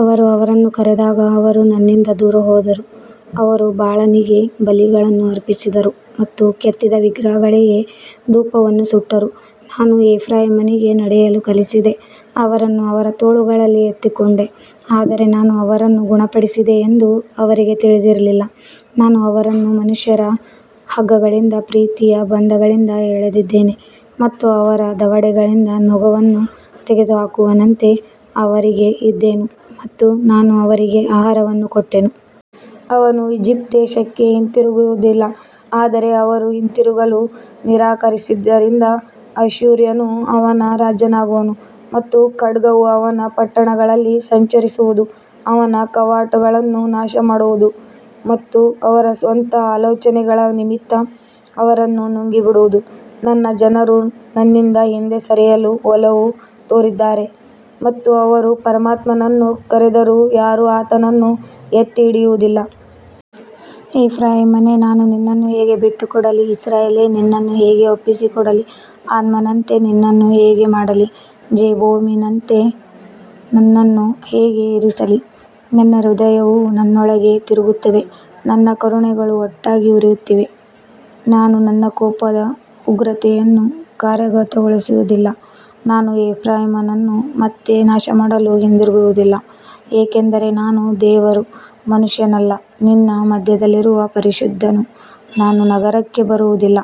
ಅವರು ಅವರನ್ನು ಕರೆದಾಗ ಅವರು ನನ್ನಿಂದ ದೂರ ಹೋದರು, ಅವರು ಬಾಳನಿಗೆ ಬಲಿಗಳನ್ನು ಅರ್ಪಿಸಿದರು ಮತ್ತು ಕೆತ್ತಿದ ವಿಗ್ರಹಗಳಿಗೆ ಧೂಪವನ್ನು ಸುಟ್ಟರು. ನಾನು ಎಫ್ರಾಯೀಮನಿಗೆ ನಡೆಯಲು ಕಲಿಸಿದೆ, ಅವರನ್ನು ಅವರ ತೋಳುಗಳಲ್ಲಿ ಎತ್ತಿಕೊಂಡೆ, ಆದರೆ ನಾನು ಅವರನ್ನು ಗುಣಪಡಿಸಿದೆ ಎಂದು ಅವರಿಗೆ ತಿಳಿದಿರಲಿಲ್ಲ. ನಾನು ಅವರನ್ನು ಮನುಷ್ಯರ ಹಗ್ಗಗಳಿಂದ, ಪ್ರೀತಿಯ ಬಂಧಗಳಿಂದ ಎಳೆದಿದ್ದೇನೆ, ಮತ್ತು ಅವರ ದವಡೆಗಳಿಂದ ನೊಗವನ್ನು ತೆಗೆದುಹಾಕುವವನಂತೆ ಅವರಿಗೆ ಇದ್ದೆನು, ಮತ್ತು ನಾನು ಅವರಿಗೆ ಆಹಾರವನ್ನು ಕೊಟ್ಟೆನು. ಅವನು ಈಜಿಪ್ಟ್ ದೇಶಕ್ಕೆ ಹಿಂತಿರುಗುವುದಿಲ್ಲ, ಆದರೆ ಅವರು ಹಿಂತಿರುಗಲು ನಿರಾಕರಿಸಿದ್ದರಿಂದ ಅಶ್ಶೂರ್ಯನು ಅವನ ರಾಜನಾಗುವನು, ಮತ್ತು ಖಡ್ಗವು ಅವನ ಪಟ್ಟಣಗಳಲ್ಲಿ ಸಂಚರಿಸುವುದು, ಅವನ ಕವಾಟಗಳನ್ನು ನಾಶಮಾಡುವುದು ಮತ್ತು ಅವರ ಸ್ವಂತ ಆಲೋಚನೆಗಳ ನಿಮಿತ್ತ ಅವರನ್ನು ನುಂಗಿಬಿಡುವುದು. ನನ್ನ ಜನರು ನನ್ನಿಂದ ಹಿಂದೆ ಸರಿಯಲು ಒಲವು ತೋರಿದ್ದಾರೆ, ಮತ್ತು ಅವರು ಪರಮಾತ್ಮನನ್ನು ಕರೆದರೂ ಯಾರೂ ಆತನನ್ನು ಎತ್ತಿಹಿಡಿಯುವುದಿಲ್ಲ. ಎಫ್ರಾಯೀಮನೇ, ನಾನು ನಿನ್ನನ್ನು ಹೇಗೆ ಬಿಟ್ಟುಕೊಡಲಿ, ಇಸ್ರಾಯೇಲೇ, ನಿನ್ನನ್ನು ಹೇಗೆ ಒಪ್ಪಿಸಿಕೊಡಲಿ, ಅದ್ಮನಂತೆ ನಿನ್ನನ್ನು ಹೇಗೆ ಮಾಡಲಿ, ಜೆಬೋಯಿಮಿನಂತೆ ನಿನ್ನನ್ನು ಹೇಗೆ ಇರಿಸಲಿ. ನನ್ನ ಹೃದಯವು ನನ್ನೊಳಗೆ ತಿರುಗುತ್ತದೆ, ನನ್ನ ಕರುಣೆಗಳು ಒಟ್ಟಾಗಿ ಉರಿಯುತ್ತಿವೆ. ನಾನು ನನ್ನ ಕೋಪದ ಉಗ್ರತೆಯನ್ನು ಕಾರ್ಯಗತಗೊಳಿಸುವುದಿಲ್ಲ, ನಾನು ಎಫ್ರಾಯೀಮನನ್ನು ಮತ್ತೆ ನಾಶಮಾಡಲು ಹಿಂದಿರುಗುವುದಿಲ್ಲ, ಏಕೆಂದರೆ ನಾನು ದೇವರು, ಮನುಷ್ಯನಲ್ಲ, ನಿನ್ನ ಮಧ್ಯದಲ್ಲಿರುವ ಪರಿಶುದ್ಧನು, ನಾನು ನಗರಕ್ಕೆ ಬರುವುದಿಲ್ಲ.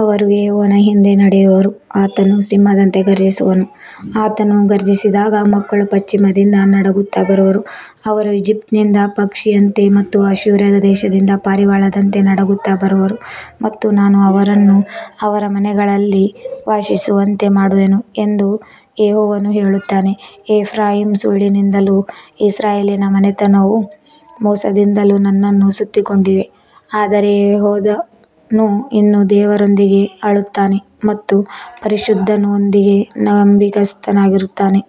ಅವರು ಯೆಹೋವನ ಹಿಂದೆ ನಡೆಯುವರು, ಆತನು ಸಿಂಹದಂತೆ ಘರ್ಜಿಸುವನು, ಆತನು ಘರ್ಜಿಸಿದಾಗ ಮಕ್ಕಳು ಪಶ್ಚಿಮದಿಂದ ನಡುಗುತ್ತಾ ಬರುವರು. ಅವರು ಈಜಿಪ್ಟಿನಿಂದ ಪಕ್ಷಿಯಂತೆ ಮತ್ತು ಅಶ್ಶೂರದ ದೇಶದಿಂದ ಪಾರಿವಾಳದಂತೆ ನಡುಗುತ್ತಾ ಬರುವರು, ಮತ್ತು ನಾನು ಅವರನ್ನು ಅವರ ಮನೆಗಳಲ್ಲಿ ವಾಸಿಸುವಂತೆ ಮಾಡುವೆನು ಎಂದು ಯೆಹೋವನು ಹೇಳುತ್ತಾನೆ. ಎಫ್ರಾಯೀಮ್ ಸುಳ್ಳಿನಿಂದಲೂ ಇಸ್ರಾಯೇಲಿನ ಮನೆತನವು ಮೋಸದಿಂದಲೂ ನನ್ನನ್ನು ಸುತ್ತಿಕೊಂಡಿವೆ, ಆದರೆ ಯೆಹೂದನು ಇನ್ನೂ ದೇವರೊಂದಿಗೆ ಆಳುತ್ತಾನೆ ಮತ್ತು ಪರಿಶುದ್ಧನೊಂದಿಗೆ ನಂಬಿಗಸ್ತನಾಗಿರುತ್ತಾನೆ.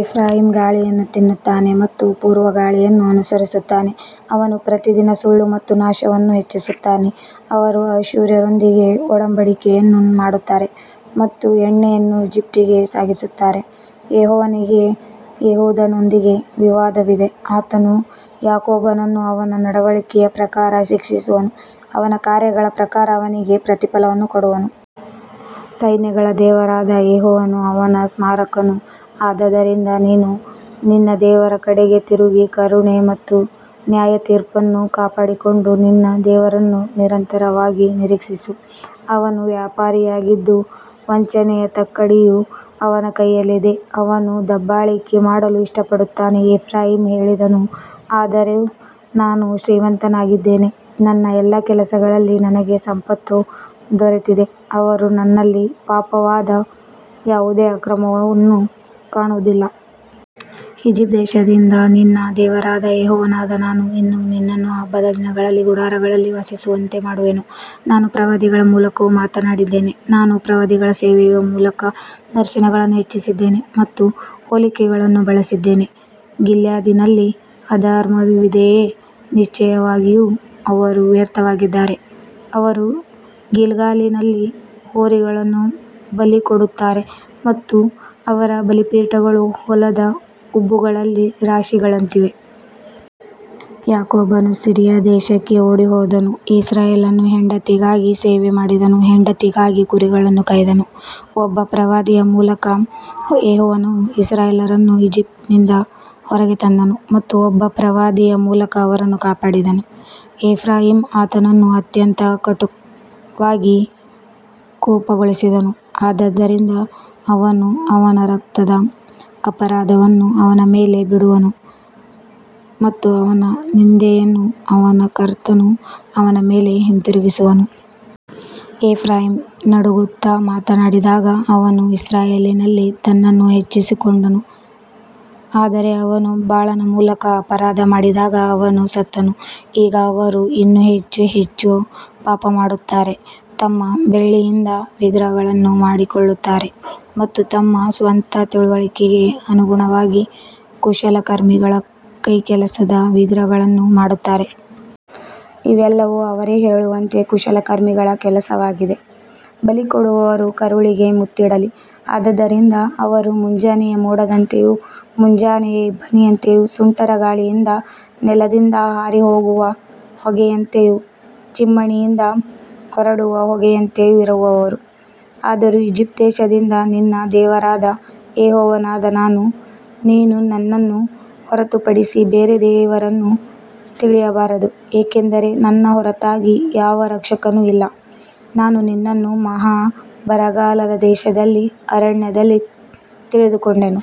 ಎಫ್ರಾಯೀಮ್ ಗಾಳಿಯನ್ನು ತಿನ್ನುತ್ತಾನೆ ಮತ್ತು ಪೂರ್ವಗಾಳಿಯನ್ನು ಅನುಸರಿಸುತ್ತಾನೆ, ಅವನು ಪ್ರತಿದಿನ ಸುಳ್ಳು ಮತ್ತು ನಾಶವನ್ನು ಹೆಚ್ಚಿಸುತ್ತಾನೆ, ಅವರು ಅಶ್ಶೂರ್ಯರೊಂದಿಗೆ ಒಡಂಬಡಿಕೆಯನ್ನು ಮಾಡುತ್ತಾರೆ ಮತ್ತು ಎಣ್ಣೆಯನ್ನು ಈಜಿಪ್ಟಿಗೆ ಸಾಗಿಸುತ್ತಾರೆ. ಯೆಹೋವನಿಗೆ ಯೆಹೂದನೊಂದಿಗೆ ವಿವಾದವಿದೆ, ಆತನು ಯಾಕೋಬನನ್ನು ಅವನ ನಡವಳಿಕೆಯ ಪ್ರಕಾರ ಶಿಕ್ಷಿಸುವನು, ಅವನ ಕಾರ್ಯಗಳ ಪ್ರಕಾರ ಅವನಿಗೆ ಪ್ರತಿಫಲವನ್ನು ಕೊಡುವನು. ಸೈನ್ಯಗಳ ದೇವರಾದ ಯೆಹೋವನು ಅವನ ಸ್ಮಾರಕನು. ಆದದರಿಂದ ನೀನು ನಿನ್ನ ದೇವರ ಕಡೆಗೆ ತಿರುಗಿ, ಕರುಣೆ ಮತ್ತು ನ್ಯಾಯತೀರ್ಪನ್ನು ಕಾಪಾಡಿಕೊಂಡು, ನಿನ್ನ ದೇವರನ್ನು ನಿರಂತರವಾಗಿ ನಿರೀಕ್ಷಿಸು. ಅವನು ವ್ಯಾಪಾರಿಯಾಗಿದ್ದು, ವಂಚನೆಯ ತಕ್ಕಡಿಯು ಅವನ ಕೈಯಲ್ಲಿದೆ, ಅವನು ದಬ್ಬಾಳಿಕೆ ಮಾಡಲು ಇಷ್ಟಪಡುತ್ತಾನೆ. ಎಫ್ರಾಯೀಮ್ ಹೇಳಿದನು, ಆದರೂ ನಾನು ಶ್ರೀಮಂತನಾಗಿದ್ದೇನೆ, ನನ್ನ ಎಲ್ಲಾ ಕೆಲಸಗಳಲ್ಲಿ ನನಗೆ ಸಂಪತ್ತು ದೊರೆತಿದೆ, ಅವರು ನನ್ನಲ್ಲಿ ಪಾಪವಾದ ಯಾವುದೇ ಅಕ್ರಮವನ್ನು ಕಾಣುವುದಿಲ್ಲ. ಈಜಿಪ್ಟ್ ದೇಶದಿಂದ ನಿನ್ನ ದೇವರಾದ ಯೆಹೋವನಾದ ನಾನು ಇನ್ನೂ ನಿನ್ನನ್ನು ಹಬ್ಬದ ದಿನಗಳಲ್ಲಿ ಗುಡಾರಗಳಲ್ಲಿ ವಾಸಿಸುವಂತೆ ಮಾಡುವೆನು. ನಾನು ಪ್ರವಾದಿಗಳ ಮೂಲಕವೂ ಮಾತನಾಡಿದ್ದೇನೆ, ನಾನು ಪ್ರವಾದಿಗಳ ಸೇವೆಯ ಮೂಲಕ ದರ್ಶನಗಳನ್ನು ಹೆಚ್ಚಿಸಿದ್ದೇನೆ ಮತ್ತು ಹೋಲಿಕೆಗಳನ್ನು ಬಳಸಿದ್ದೇನೆ. ಗಿಲ್ಯಾದಿನಲ್ಲಿ ಅಧರ್ಮವಿದೆಯೇ, ನಿಶ್ಚಯವಾಗಿಯೂ ಅವರು ವ್ಯರ್ಥರಾಗಿದ್ದಾರೆ. ಅವರು ಗಿಲ್ಗಾಲಿನಲ್ಲಿ ಹೋರಿಗಳನ್ನು ಬಲಿಕೊಡುತ್ತಾರೆ, ಮತ್ತು ಅವರ ಬಲಿಪೀಠಗಳು ಹೊಲದ ಉಬ್ಬುಗಳಲ್ಲಿ ರಾಶಿಗಳಂತಿವೆ. ಯಾಕೋಬನು ಸಿರಿಯಾ ದೇಶಕ್ಕೆ ಓಡಿಹೋದನು, ಇಸ್ರಾಯೇಲನು ಹೆಂಡತಿಗಾಗಿ ಸೇವೆಮಾಡಿದನು, ಹೆಂಡತಿಗಾಗಿ ಕುರಿಗಳನ್ನು ಕಾಯ್ದನು. ಒಬ್ಬ ಪ್ರವಾದಿಯ ಮೂಲಕ ಯೆಹೋವನು ಇಸ್ರಾಯೇಲರನ್ನು ಈಜಿಪ್ಟಿನಿಂದ ಹೊರಗೆ ತಂದನು, ಮತ್ತು ಒಬ್ಬ ಪ್ರವಾದಿಯ ಮೂಲಕ ಅವರನ್ನು ಕಾಪಾಡಿದನು. ಎಫ್ರಾಯೀಮ್ ಆತನನ್ನು ಅತ್ಯಂತ ಕಟುವಾಗಿ ಕೋಪಗೊಳಿಸಿದನು, ಆದದರಿಂದ ಅವನು ಅವನ ರಕ್ತದ ಅಪರಾಧವನ್ನು ಅವನ ಮೇಲೆ ಬಿಡುವನು ಮತ್ತು ಅವನ ನಿಂದೆಯನ್ನು ಅವನ ಕರ್ತನು ಅವನ ಮೇಲೆ ಹಿಂದಿರುಗಿಸುವನು. ಎಫ್ರಾಯೀಮ್ ನಡುಗುತ್ತಾ ಮಾತನಾಡಿದಾಗ ಅವನು ಇಸ್ರಾಯೇಲಿನಲ್ಲಿ ತನ್ನನ್ನು ಹೆಚ್ಚಿಸಿಕೊಂಡನು, ಆದರೆ ಅವನು ಬಾಳನ ಮೂಲಕ ಅಪರಾಧ ಮಾಡಿದಾಗ ಅವನು ಸತ್ತನು. ಈಗ ಅವರು ಇನ್ನೂ ಹೆಚ್ಚು ಹೆಚ್ಚು ಪಾಪಮಾಡುತ್ತಾರೆ, ತಮ್ಮ ಬೆಳ್ಳಿಯಿಂದ ವಿಗ್ರಹಗಳನ್ನು ಮಾಡಿಕೊಳ್ಳುತ್ತಾರೆ ಮತ್ತು ತಮ್ಮ ಸ್ವಂತ ತಿಳುವಳಿಕೆಗೆ ಅನುಗುಣವಾಗಿ ಕುಶಲಕರ್ಮಿಗಳ ಕೈಕೆಲಸದ ವಿಗ್ರಹಗಳನ್ನು ಮಾಡುತ್ತಾರೆ. ಇವೆಲ್ಲವೂ ಅವರೇ ಹೇಳುವಂತೆ ಕುಶಲಕರ್ಮಿಗಳ ಕೆಲಸವಾಗಿದೆ. ಬಲಿಕೊಡುವವರು ಕರುಗಳಿಗೆ ಮುತ್ತಿಡಲಿ. ಆದದರಿಂದ ಅವರು ಮುಂಜಾನೆಯ ಮೋಡದಂತೆಯೂ, ಮುಂಜಾನೆಯ ಇಬ್ಬನಿಯಂತೆಯೂ, ಸುಂಟರಗಾಳಿಯಿಂದ ನೆಲದಿಂದ ಹಾರಿಹೋಗುವ ಹೊಗೆಯಂತೆಯೂ, ಚಿಮಣಿಯಿಂದ ಹೊರಡುವ ಹೊಗೆಯಂತೆಯೂ ಇರುವರು. ಆದರೂ ಈಜಿಪ್ಟ್ ದೇಶದಿಂದ ನಿನ್ನ ದೇವರಾದ ಯೆಹೋವನಾದ ನಾನು, ನೀನು ನನ್ನನ್ನು ಹೊರತುಪಡಿಸಿ ಬೇರೆ ದೇವರನ್ನು ತಿಳಿಯಬಾರದು, ಏಕೆಂದರೆ ನನ್ನ ಹೊರತಾಗಿ ಯಾವ ರಕ್ಷಕನೂ ಇಲ್ಲ. ನಾನು ನಿನ್ನನ್ನು ಮಹಾ ಬರಗಾಲದ ದೇಶದಲ್ಲಿ, ಅರಣ್ಯದಲ್ಲಿ ತಿಳಿದುಕೊಂಡೆನು.